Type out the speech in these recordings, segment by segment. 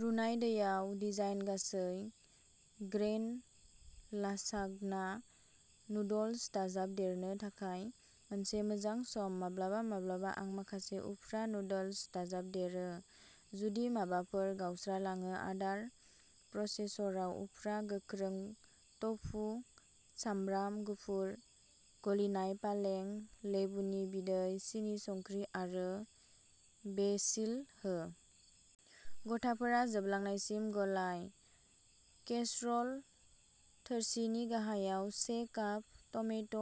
रुनाय दैयाव जिदाइन गासै ग्रेइन लासाग्ना नुडल्स दाजाबदेरनो थाखाय मोनसे मोजां सम। माब्लाबा माब्लाबा आं माखासे उफ्रा नुडल्स दाजाबदेरो, जुदि माबाफोर गावस्रालाङो, आदार प्रसेसराव, उफ्रा गोख्रों टफु, सामब्राम गुफुर, गलिनाय पालें, लेबुनि बिदै, सिनि, संख्रि आरो बेसिल हो। गथाफोरा जोबलांनायसिम गलाय। केसर'ल थोरसिनि गाहायाव से काप टमेट'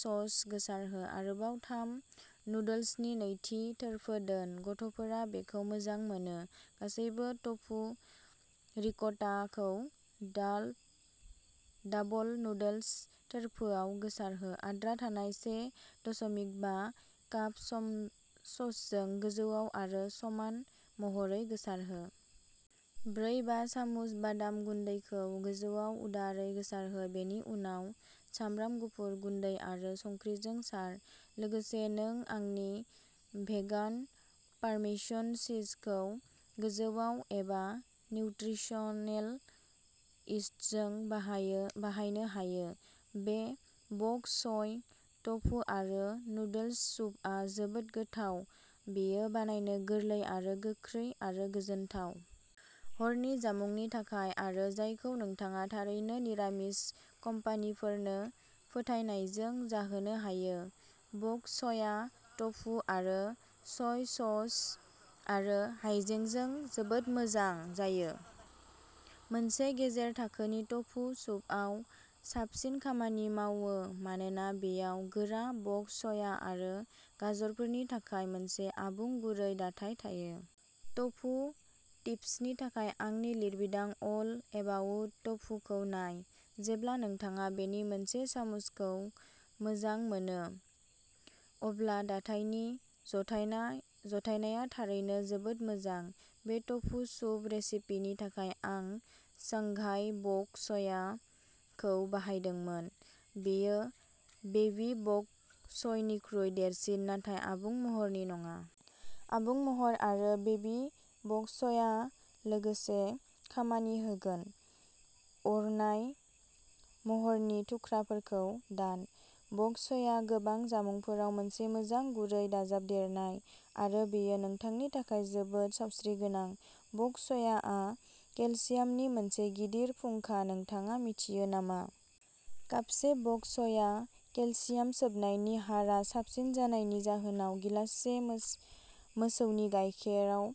सस गोसारहो। आरोबाव थाम नुडल्सनि नैथि थोरफो दोन। गथ'फोरा बेखौ मोजां मोनो। गासैबो टफु रिक'टाखौ डाबल नुडल्स थोरफोआव गोसारहो। आद्रा थानाय से दस'मिक बा काप ससजों गोजौआव आरो समान महरै गोसारहो। ब्रै-बा सामुस बादाम गुन्दैखौ गोजौआव उदारै गोसारहो, बेनि उनाव सामब्राम गुफुर गुन्दै आरो संख्रिजों सार। लोगोसे नों आंनि भेगान पार्मेसन चीजखौ गोजौआव, एबा निउत्रिसनेल इस्टजों बाहायनो हायो। बे बक च'य, टफु आरो नुडल्स सुपआ जोबोद गोथाव, बेयो बानायनो गोरलै आरो गोख्रै आरो गोजोनथाव। हरनि जामुंनि थाखाय, आरो जायखौ नोंथाङा थारैनो निरामिस कम्पानिफोरनो फोथायनायजों जाहोनो हायो। बक चया टफु, आरो सय सस, आरो हायजेंजों जोबोद मोजां जायो। मोनसे गेजेर थाखोनि टफु सुपआव साबसिन खामानि मावो मानोना बेयाव गोरा बक चया आरो गाजरफोरनि थाखाय मोनसे आबुं गुरै दाथाय थायो। टफु टिप्सनि थाखाय आंनि लिरबिदां अल एबाउट टफुखौ नाय। जेब्ला नोंथाङा बेनि मोनसे सामुसखौ मोजां मोनो, अब्ला दाथायनि जथायनाया थारैनो जोबोद मोजां। बे टफु सुप रेसिपिनि थाखाय आं "शांघाई बक चया" खौ बाहायदोंमोन, बेयो बेबी बक चयनिख्रुइ देरसिन, नाथाय आबुं महरनि नङा। आबुं महर आरो बेबी बक चया लोगोसे खामानि होगोन। अरनाय महरनि थुख्राफोरखौ दान। बक चया गोबां जामुंफोराव मोनसे मोजां गुरै दाजाबदेरनाय, आरो बेयो नोंथांनि थाखाय जोबोद सावस्रिगोनां। बक चया आ केलसियामनि मोनसे गिदिर फुंखा नोंथाङा मिथियो नामा? कापसे बक चया, केलसियाम सोबनायनि हारआ साबसिन जानायनि जाहोनाव गिलाससे मोसौनि गायखेरआव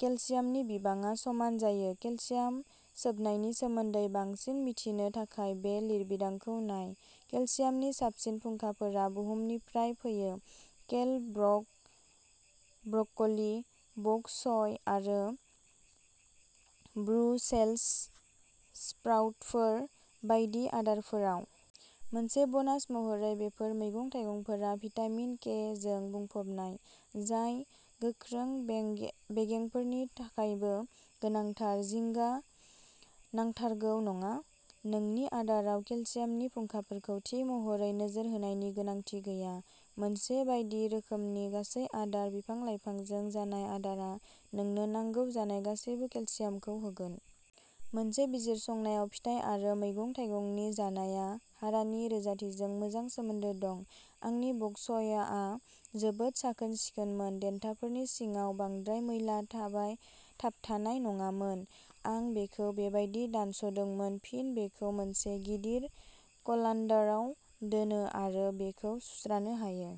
केलसियामनि बिबांआ समान जायो। केलसियाम सोबनायनि सोमोन्दै बांसिन मिथिनो थाखाय बे लिरबिदांखौ नाय। केलसियामनि साबसिन फुंखाफोरा बुहुमनिफ्राय फैयो, केल, ब्रकलि, बक च'य आरो ब्रुसेल्स स्प्राउटफोर बायदि आदारफोराव। मोनसे बनास महरै, बेफोर मैगं-थाइगंफोरा भिटामिन के जों बुंफबनाय, जाय गोख्रों बें बेगेंफोरनि थाखायबो गोनांथार। जिंगा नांथारगौ नङा, नोंनि आदाराव केलसियामनि फुंखाफोरखौ थि महरै नोजोर होनायनि गोनांथि गैया। मोनसे बायदि रोखोमनि, गासै-आदार, बिफां-लाइफांजों जानाय आदारआ नोंनो नांगौ जानाय गासैबो केलसियामखौ होगोन। मोनसे बिजिरसंनायाव, फिथाइ आरो मैगं-थाइगंनि जानाया हारानि रोजाथिजों मोजां सोमोन्दो दंमोन। आंनि बक च'यआ जोबोद साखोन-सिखोनमोन, देन्थाफोरनि सिङाव बांद्राय मैला थाबथानाय नङामोन। आं बेखौ बेबायदि दानस'दोंमोन, फिन बेखौ मोनसे गिदिर कलान्दाराव दोनो आरो बेखौ सुस्रानो होयो।